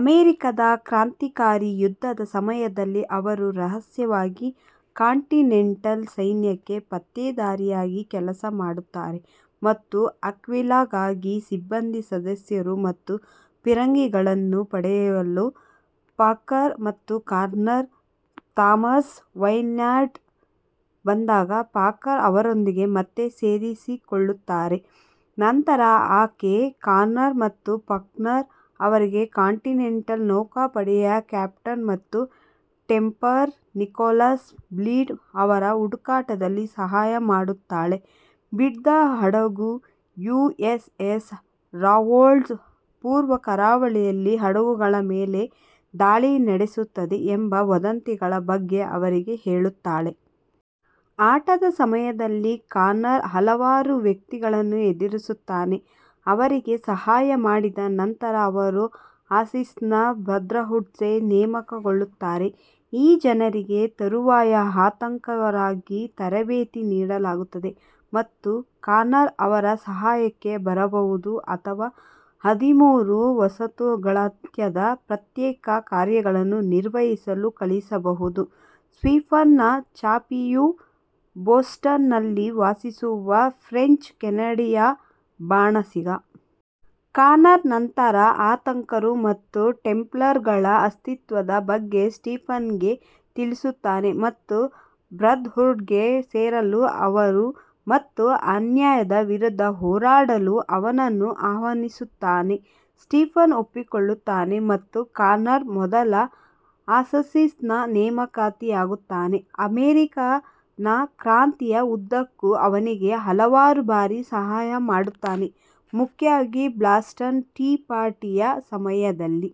ಅಮೆರಿಕಾದ ಕ್ರಾಂತಿಕಾರಿ ಯುದ್ಧದ ಸಮಯದಲ್ಲಿ, ಅವರು ರಹಸ್ಯವಾಗಿ ಕಾಂಟಿನೆಂಟಲ್ ಸೈನ್ಯಕ್ಕೆ ಪತ್ತೇದಾರಿಯಾಗಿ ಕೆಲಸ ಮಾಡುತ್ತಾರೆ ಮತ್ತು ಅಕ್ವಿಲಾಗಾಗಿ ಸಿಬ್ಬಂದಿ ಸದಸ್ಯರು ಮತ್ತು ಫಿರಂಗಿಗಳನ್ನು ಪಡೆಯಲು ಫಾಕ್ನರ್ ಮತ್ತು ಕಾನರ್ ಮಾರ್ಥಾಸ್ ವೈನ್ಯಾರ್ಡ್ಗೆ ಬಂದಾಗ ಫಾಕ್ನರ್ ಅವರೊಂದಿಗೆ ಮತ್ತೆ ಸೇರಿಕೊಳ್ಳುತ್ತಾರೆ. ನಂತರ ಆಕೆ ಕಾನರ್ ಮತ್ತು ಫಾಕ್ನರ್ ಅವರಿಗೆ ಕಾಂಟಿನೆಂಟಲ್ ನೌಕಾಪಡೆಯ ಕ್ಯಾಪ್ಟನ್ ಮತ್ತು ಟೆಂಪ್ಲರ್ ನಿಕೋಲಸ್ ಬಿಡ್ಲ್ ಅವರ ಹುಡುಕಾಟದಲ್ಲಿ ಸಹಾಯ ಮಾಡುತ್ತಾಳೆ, ಬಿಡ್ಲ್ನ ಹಡಗು ಯುಎಸ್ಎಸ್ ರಾಂಡೋಲ್ಫ್ ಪೂರ್ವ ಕರಾವಳಿಯಲ್ಲಿ ಹಡಗುಗಳ ಮೇಲೆ ದಾಳಿ ನಡೆಸುತ್ತಿದೆ ಎಂಬ ವದಂತಿಗಳ ಬಗ್ಗೆ ಅವರಿಗೆ ಹೇಳುತ್ತಾಳೆ. ಆಟದ ಸಮಯದಲ್ಲಿ, ಕಾನರ್ ಹಲವಾರು ವ್ಯಕ್ತಿಗಳನ್ನು ಎದುರಿಸುತ್ತಾನೆ, ಅವರಿಗೆ ಸಹಾಯ ಮಾಡಿದ ನಂತರ ಅವರು ಅಸ್ಸಾಸಿನ್ ಬ್ರದರ್ಹುಡ್ಗೆ ನೇಮಕಗೊಳ್ಳುತ್ತಾರೆ. ಈ ಜನರಿಗೆ ತರುವಾಯ ಹಂತಕರಾಗಿ ತರಬೇತಿ ನೀಡಲಾಗುತ್ತದೆ ಮತ್ತು ಕಾನರ್ ಅವರ ಸಹಾಯಕ್ಕೆ ಬರಬಹುದು ಅಥವಾ ಹದಿಮೂರು ವಸಾಹತುಗಳಾದ್ಯಂತ ಪ್ರತ್ಯೇಕ ಕಾರ್ಯಗಳನ್ನು ನಿರ್ವಹಿಸಲು ಕಳುಹಿಸಬಹುದು. ಸ್ಟೀಫನ್ ಚಾಪಿಯು ಬೋಸ್ಟನ್ನಲ್ಲಿ ವಾಸಿಸುವ ಫ್ರೆಂಚ್-ಕೆನಡಿಯನ್ ಬಾಣಸಿಗ. ಕಾನರ್ ನಂತರ ಹಂತಕರು ಮತ್ತು ಟೆಂಪ್ಲರ್ಗಳ ಅಸ್ತಿತ್ವದ ಬಗ್ಗೆ ಸ್ಟೀಫನ್ಗೆ ತಿಳಿಸುತ್ತಾನೆ ಮತ್ತು ಬ್ರದರ್ಹುಡ್ಗೆ ಸೇರಲು ಮತ್ತು ಅನ್ಯಾಯದ ವಿರುದ್ಧ ಹೋರಾಡಲು ಅವನನ್ನು ಆಹ್ವಾನಿಸುತ್ತಾನೆ. ಸ್ಟೀಫನ್ ಒಪ್ಪಿಕೊಳ್ಳುತ್ತಾನೆ ಮತ್ತು ಕಾನರ್ನ ಮೊದಲ ಅಸ್ಸಾಸಿನ್ ನೇಮಕಾತಿಯಾಗುತ್ತಾನೆ, ಅಮೆರಿಕನ್ ಕ್ರಾಂತಿಯ ಉದ್ದಕ್ಕೂ ಅವನಿಗೆ ಹಲವಾರು ಬಾರಿ ಸಹಾಯ ಮಾಡುತ್ತಾನೆ, ಮುಖ್ಯವಾಗಿ ಬಾಸ್ಟನ್ ಟೀ ಪಾರ್ಟಿಯ ಸಮಯದಲ್ಲಿ.